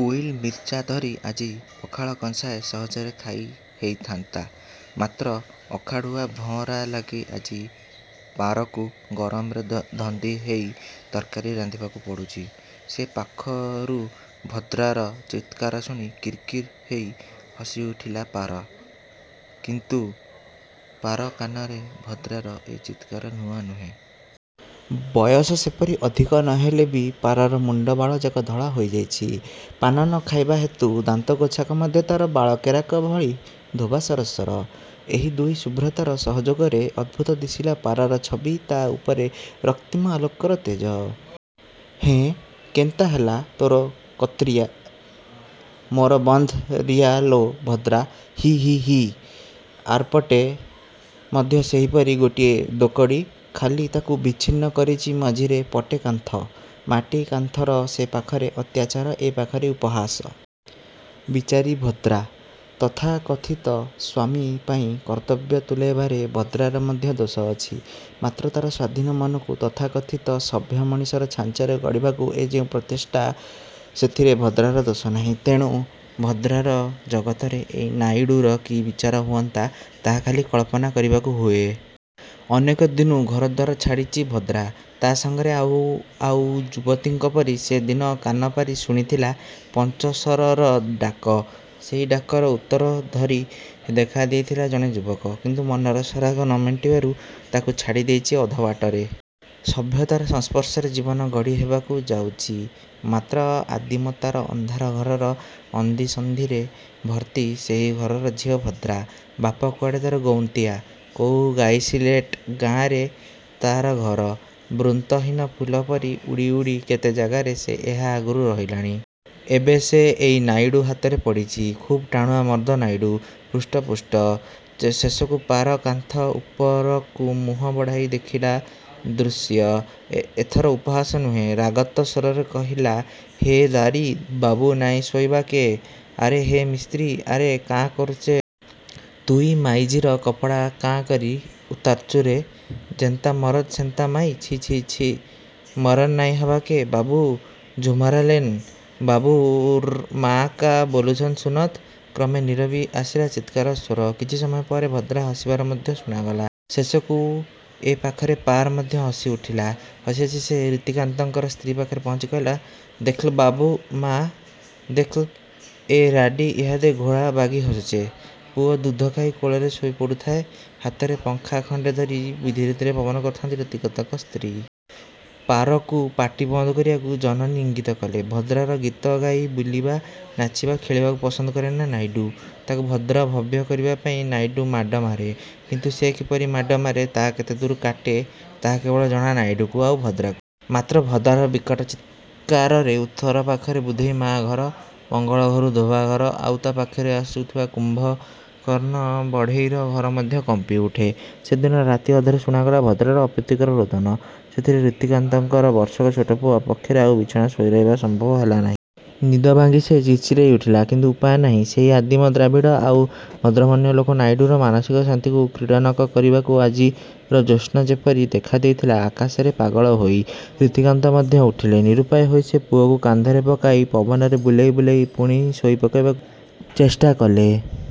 ଉଇଲ୍ ମିର୍ଚା ଧରି ଆଜି ପଖାଳ କଂସାଏ ସହଜରେ ଖାଇ ହେଇଥାନ୍ତା, ମାତ୍ର ଅଖାଡ଼ୁଆ ଭଁଅରା ଲାଗି ଆଜି ପାରକୁ ଗରମରେ ଧ ଧନ୍ଦି ହେଇ ତର୍କାରି ରାନ୍ଧିବାକୁ ପଡ଼ୁଚି। ସେ ପାଖରୁ ଭଦ୍ରାର ଚିତ୍କାର ଶୁଣି କିର୍କିର୍ ହେଇ ହସିଉଠିଲା ପାର। କିନ୍ତୁ ପାର କାନରେ ଭଦ୍ରାର ଏ ଚିତ୍କାର ନୂଆ ନୁହେଁ। ବୟସ ସେପରି ଅଧିକ ନ ହେଲେ ବି ପାରର ମୁଣ୍ଡ ବାଳଯାକ ଧଳା ହେଇଯାଇଚି। ପାନ ନ ଖାଇବାହେତୁ ଦାନ୍ତଗୋଛାକ ମଧ୍ୟ ତାର ବାଳ କେରାକ ଭଳି ଧୋବ ସରସର। ଏହି ଦୁଇ ଶୁଭ୍ରତାର ସହଯୋଗରେ ଅଦ୍ଭୁତ ଦିଶିଲା ପାରର ଛବି–ତା ଉପରେ ରକ୍ତିମ ଆଲୋକର ତେଜ। ହେଁ କେନ୍ତା ହେଲା... ତୋର କତ୍ରିଆ, ମୋର ବନ୍ଧ୍ ରିଆ ଲୋ ଭଦ୍ରା... ହି ହି ହି... ଆରପଟେ ମଧ୍ୟ ସେହିପରି ଗୋଟିଏ ଦୋକଡ଼ି, ଖାଲି ତାକୁ ବିଚ୍ଛିନ୍ନ କରିଚି ମଝିରେ ପଟେ କାନ୍ଥ। ମାଟି କାନ୍ଥର ସେ ପାଖରେ ଅତ୍ୟାଚାର, ଏ ପାଖରେ ଉପହାସ। ବିଚାରୀ ଭଦ୍ରା! ତଥାକଥିତ ସ୍ଵାମୀ ପାଇଁ କର୍ତ୍ତବ୍ୟ ତୁଲେଇବାରେ ଭଦ୍ରାର ମଧ୍ୟ ଦୋଷ ଅଛି। ମାତ୍ର ତାର ସ୍ଵାଧୀନ ମନକୁ ତଥାକଥିତ ସଭ୍ୟମଣିଷର ଛାଞ୍ଚରେ ଗଢ଼ିବାକୁ ଏ ଯେଉଁ ପ୍ରଚେଷ୍ଟା, ସେଥିରେ ଭଦ୍ରାର ଦୋଷ ନାହିଁ। ତେଣୁ ଭଦ୍ରାର ଜଗତରେ ଏହି ନାଇଡ଼ୁର କି ବିଚାର ହୁଅନ୍ତା, ତାହା ଖାଲି କଳ୍ପନା କରିବାକୁ ହୁଏ। ଅନେକ ଦିନୁ ଘରଦ୍ଵାର ଛାଡ଼ିଚି ଭଦ୍ରା। ତା ସାଙ୍ଗରେ ଆଉ ଆଉ ଯୁବତୀଙ୍କ ପରି ସେ ଦିନେ କାନପାରି ଶୁଣିଥିଲା ପଞ୍ଚଶରର ଡାକ। ସେହି ଡାକର ଉତ୍ତର ଧରି ଦେଖାଦେଇଥିଲା ଜଣେ ଯୁବକ। କିନ୍ତୁ ମନର ସରାଗ ନ ମେଣ୍ଟିବାରୁ ତାକୁ ଛାଡ଼ି ଦେଇଚି ଅଧବାଟରେ। ସଭ୍ୟତାର ସଂସ୍ପର୍ଶରେ ଜୀବନ ଗଢ଼ି ହେବାକୁ ଯାଉଚି, ମାତ୍ର ଆଦିମତାର ଅନ୍ଧାର ଘରର ଅନ୍ଧିସନ୍ଧିରେ ଭର୍ତ୍ତି–ସେହି ଘରର ଝିଅ ଭଦ୍ରା। ବାପ କୁଆଡ଼େ ତାର ଗୌନ୍ତିଆ, କୋଉ ଗାଇସିଲେଟ ଗାଁରେ ତାର ଘର-। ବୃନ୍ତହୀନ ଫୁଲ ପରି ଉଡ଼ି ଉଡ଼ି କେତେ ଜାଗାରେ ସେ ଏହା ଆଗରୁ ରହିଲାଣି। ଏବେ ସେ ଏଇ ନାଇଡ଼ୁ ହାତରେ ପଡ଼ିଚି। ଖୁବ ଟାଣୁଆ ମର୍ଦ୍ଦ ନାଇଡ଼ୁ। ହୃଷ୍ଟପୁଷ୍ଟ। ଶେଷକୁ ପାର କାନ୍ଥ ଉପରକୁ ମୁଁହ ବଢ଼େଇ ଦେଖିଲା ଦୃଶ୍ୟ। ଏଥର ଉପହାସରେ ନୁହେଁ, ରାଗତ ସ୍ଵରରେ କହିଲା... "ହେ ଦାରୀ' ବାବୁ ନାଇଁ ଶୋଇବା କେ... ଆରେ ହେ ମିସ୍ତ୍ରୀ, ଆରେ କାଁ କର୍ଚୁ... ତୁଇ ମାଇଜିର କପଡ଼ା କାଁ କରି ଉତାର୍ଛୁରେ। ଯେନ୍ତା ମରଦ, ସେନ୍ତା ମାଇ। ଛି... ଛି... ଛି ମରନ୍ ନାଇଁ ହବାକେ। ବାବୁ ଝୁମରାଲେନ... ବାବୁର ମା କାଁ ବୋଲୁଛନ୍ ଶୁନତ... " କ୍ରମେ ନୀରବି ଆସିଲା ଚିତ୍କାରର ସ୍ୱର। କିଛି ସମୟ ପରେ ଭଦ୍ରା ହସିବାର ମଧ୍ୟ ଶୁଣାଗଲା। ଶେଷକୁ ଏ ପାଖରେ ପାର ମଧ୍ୟ ହସିଉଠିଲା। ହସି ହସି ସେ ରିତିକାନ୍ତଙ୍କର ସ୍ତ୍ରୀ ପାଖରେ ପହଞ୍ଚି କହିଲା, "ଦେଖ୍ଲ, ବାବୁର ମା, ଦେଖ୍ଲ, ଏ ରାଁଡ଼ି ଇହାଦେ ଘୋଡ଼ାର ବାଗି ହସୁଚେ। " ପୁଅ ଦୁଧଖାଇ କୋଳରେ ଶୋଇପଡ଼ୁ ଥାଏ–ହାତରେ ପଙ୍ଖା ଖଣ୍ଡେ ଧରି ଧୀରେ ପବନ କରୁଥାନ୍ତି ରିତିକାନ୍ତଙ୍କର ସ୍ତ୍ରୀ। ପାରକୁ ପାଟି ବନ୍ଦ କରିବାକୁ ଜନନୀ ଇଙ୍ଗିତ କଲେ। ଭଦ୍ରାର ଗୀତଗାଇ ବୁଲିବା, ନାଚିବା, ଖେଳିବାକୁ ପସନ୍ଦ କରେନା ନାଇଡ଼ୁ। ତାକୁ ଭଦ୍ର, ଭବ୍ୟ କରିବା ପାଇଁ ନାଇଡ଼ୁ ମାଡ଼ ମାରେ। କିନ୍ତୁ ସେ କିପରି ମାଡ଼ ମାରେ, ତାହା କେତେ ଦୂର କାଟେ, ତାହା କେବଳ ଜଣା ନାଇଡ଼ୁ, ଆଉ ଭଦ୍ରାକୁ। ମାତ୍ର ଭଦ୍ରାର ବିକଟ ଚିତ୍କାରରେ ଉତ୍ତର ପାଖର ବୁଧେଇ ମା ଘର, ମଙ୍ଗଳୁ ଧୋବା ଘର, ଆଉ ତା' ସେ ପାଖକୁ ଥିବା କୁମ୍ଭକର୍ଣ୍ଣ ବଢ଼େଇର ଘର ମଧ୍ୟ କମ୍ପିଉଠେ। ସେଦିନ ରାତି ଅଧରେ ଶୁଣାଗଲା ଭଦ୍ରାର ଅପ୍ରୀତିକର ରୋଦନ। ସେଥିରେ ରତିକାନ୍ତଙ୍କ ବର୍ଷକର ଛୋଟ ପୁଅ ପକ୍ଷରେ ଆଉ ବିଛଣାରେ ଶୋଇରହିବା ସମ୍ଭବ ହେଲାନି। ନିଦଭାଙ୍ଗି ସେ ଚିର୍ଚିରେଇ ଉଠିଲା। କିନ୍ତୁ ଉପାୟ ନାହିଁ। ସେହି ଆଦିମ ଦ୍ରାବିଡ଼ ଆଉ ଭଦ୍ରମନ୍ୟ ଲୋକ ନାଇଡ଼ୁର ମାନସିକ ଶାନ୍ତିକୁ କ୍ରୀଡ଼ନକ କରିବାକୁ ଆଜିର ଜ୍ୟୋତ୍ସ୍ନା ଯେପରି ଦେଖାଦେଇଥିଲା ଆକାଶରେ ପାଗଳ ହେଇ। ରତିକାନ୍ତ ମଧ୍ୟ ଉଠିଲେ। ନିରୁପାୟ ହେଇ ସେ ପୁଅକୁ କାନ୍ଧରେ ପକେଇ ପବନରେ ବୁଲେଇ ବୁଲେଇ ପୁଣି ଶୋଇପକେଇବାକୁ ଚେଷ୍ଟାକଲେ।